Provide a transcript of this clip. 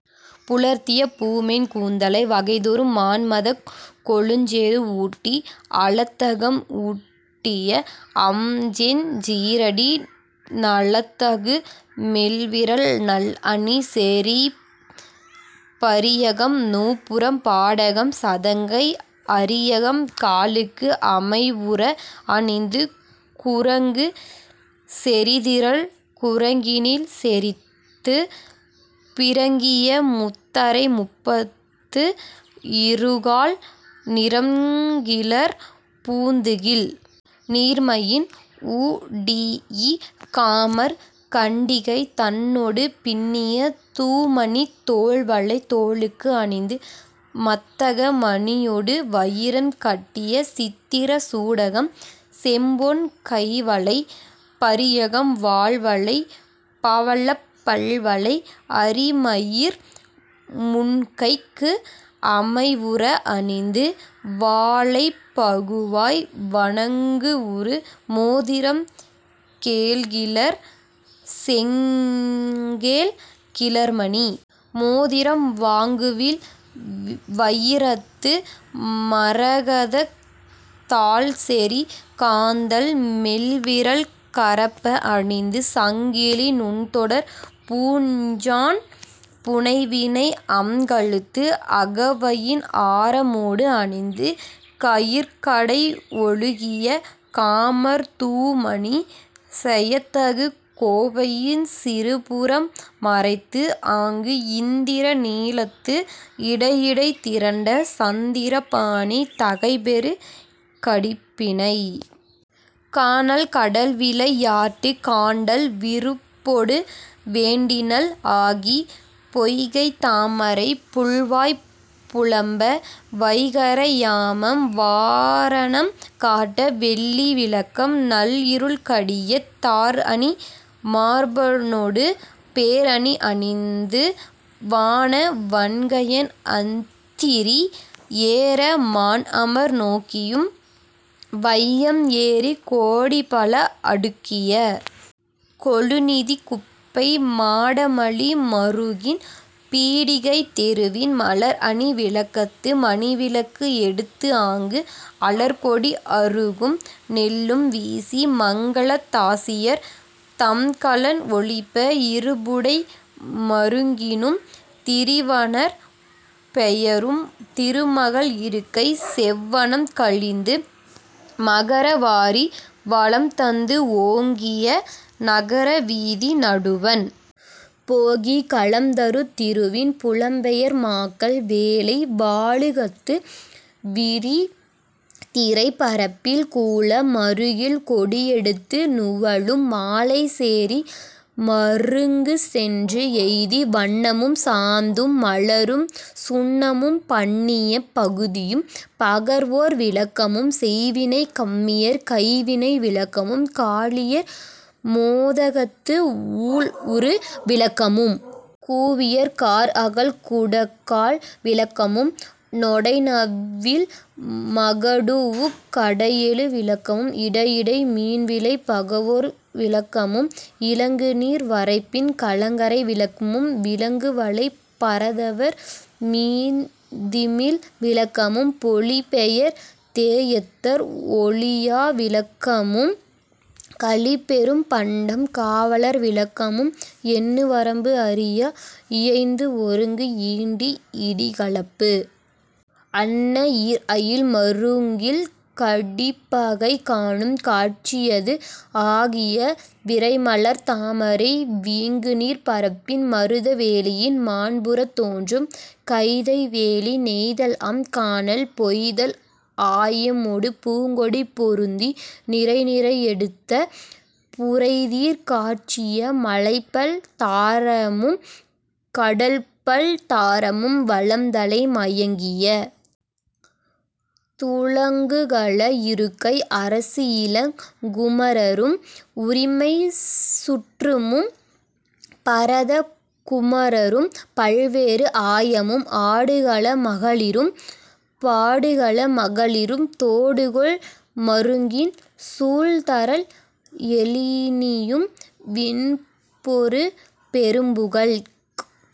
புலர்த்திய பூமென் கூந்தலை வகைதொறும் மான்மதக் கொழுஞ்சேறு ஊட்டி, அலத்தகம் ஊட்டிய அம்செஞ் சீறடி நலத்தகு மெல்விரல் நல்அணி செறீஇப், பரியகம் நூபுரம் பாடகம் சதங்கை அரியகம் காலுக்கு அமைவுற அணிந்து, குறங்கு செறிதிரள் குறங்கினில் செறித்து, பிறங்கிய முத்தரை முப்பத்து இருகாழ் நிறம்கிளர் பூந்துகில் நீர்மையின் உடீஇ, காமர் கண்டிகை தன்னொடு பின்னிய தூமணித் தோள்வளை தோளுக்கு அணிந்து, மத்தக மணியொடு வயிரம் கட்டிய சித்திரச் சூடகம் செம்பொன் கைவளை பரியகம் வால்வளை பவழப் பல்வளை அரிமயிர் முன்கைக்கு அமைவுற அணிந்து, வாளைப் பகுவாய் வணக்குஉறு மோதிரம் கேழ்கிளர் செங்கேழ் கிளர்மணி மோதிரம் வாங்குவில் வயிரத்து மரகதத் தாள்செறி காந்தள் மெல்விரல் கரப்ப அணிந்து, சங்கிலி நுண்தொடர் பூண்ஞான் புனைவினை அம்கழுத்து அகவயின் ஆரமோடு அணிந்து, கயிற்கடை ஒழுகிய காமர் தூமணி செயத்தகு கோவையின் சிறுபுறம் மறைத்துஆங்கு இந்திர நீலத்து இடைஇடை திரண்ட சந்திர பாணி தகைபெறு கடிப்பிணை கானல் கடல்விளை யாட்டுக் காண்டல் விருப்பொடு வேண்டினள் ஆகி, பொய்கைத் தாமரைப் புள்வாய் புலம்ப வைகறை யாமம் வாரணம் காட்ட வெள்ளி விளக்கம் நள்இருள் கடியத் தார்அணி மார்பனொடு பேர்அணி அணிந்து வான வண்கையன் அத்திரி ஏற மான்அமர் நோக்கியும் வையம் ஏறிக் கோடிபல அடுக்கிய கொழுநிதிக் குப்பை மாடமலி மறுகின் பீடிகைத் தெருவின் மலர்அணி விளக்கத்து மணிவிளக்கு எடுத்துஆங்கு அலர்க்கொடி அறுகும் நெல்லும் வீசி மங்கலத் தாசியர் தம்கலன் ஒலிப்ப இருபுடை மருங்கினும் திரிவனர் பெயரும் திருமகள் இருக்கை செவ்வனம் கழிந்து மகர வாரி வளம்தந்து ஓங்கிய நகர வீதி நடுவண் போகிக் கலம்தரு திருவின் புலம்பெயர் மாக்கள் வேலை வாலுகத்து விரிதிரைப் பரப்பில் கூல மறுகில் கொடிஎடுத்து நுவலும் மாலைச் சேரி மருங்குசென்று எய்தி, வண்ணமும் சாந்தும் மலரும் சுண்ணமும் பண்ணியப் பகுதியும் பகர்வோர் விளக்கமும், செய்வினைக் கம்மியர் கைவினை விளக்கமும், காழியர் மோதகத்து ஊழ்உறு விளக்கமும், கூவியர் கார்அகல் குடக்கால் விளக்கமும், நொடைநவில் மகடூஉக் கடைகெழு விளக்கமும், இடைஇடை மீன்விலை பகர்வோர் விளக்கமும், இலங்குநீர் வரைப்பின் கலங்கரை விளக்கமும், விலங்குவலைப் பரதவர் மீன்திமில் விளக்கமும், பொழிபெயர் தேஎத்தர் ஒழியா விளக்கமும், கழிபெரும் பண்டம் காவலர் விளக்கமும் எண்ணுவரம்பு அறியா இயைந்துஒருங்கு ஈண்டி இடிக்கலப்பு அன்ன ஈர்அயில் மருங்கில் கடிப்பகை காணும் காட்சியது ஆகிய விரைமலர்த் தாமரை வீங்குநீர்ப் பரப்பின் மருத வேலியின் மாண்புறத் தோன்றும் கைதை வேலி நெய்தல்அம் கானல் பொய்தல் ஆயமொடு பூங்கொடி பொருந்தி நிரைநிரை எடுத்த புரைதீர் காட்சிய மலைப்பல் தாரமும் கடல்பல் தாரமும் வளம்தலை மயங்கிய துளங்குகல இருக்கை அரசுஇளங் குமரரும் உரிமைச் சுற்றமும் பரத குமரரும் பல்வேறு ஆயமும் ஆடுகள மகளிரும் பாடுகள மகளிரும் தோடுகொள் மருங்கின் சூழ்தரல் எழினியும் விண்பொரு பெரும்புகழ்க்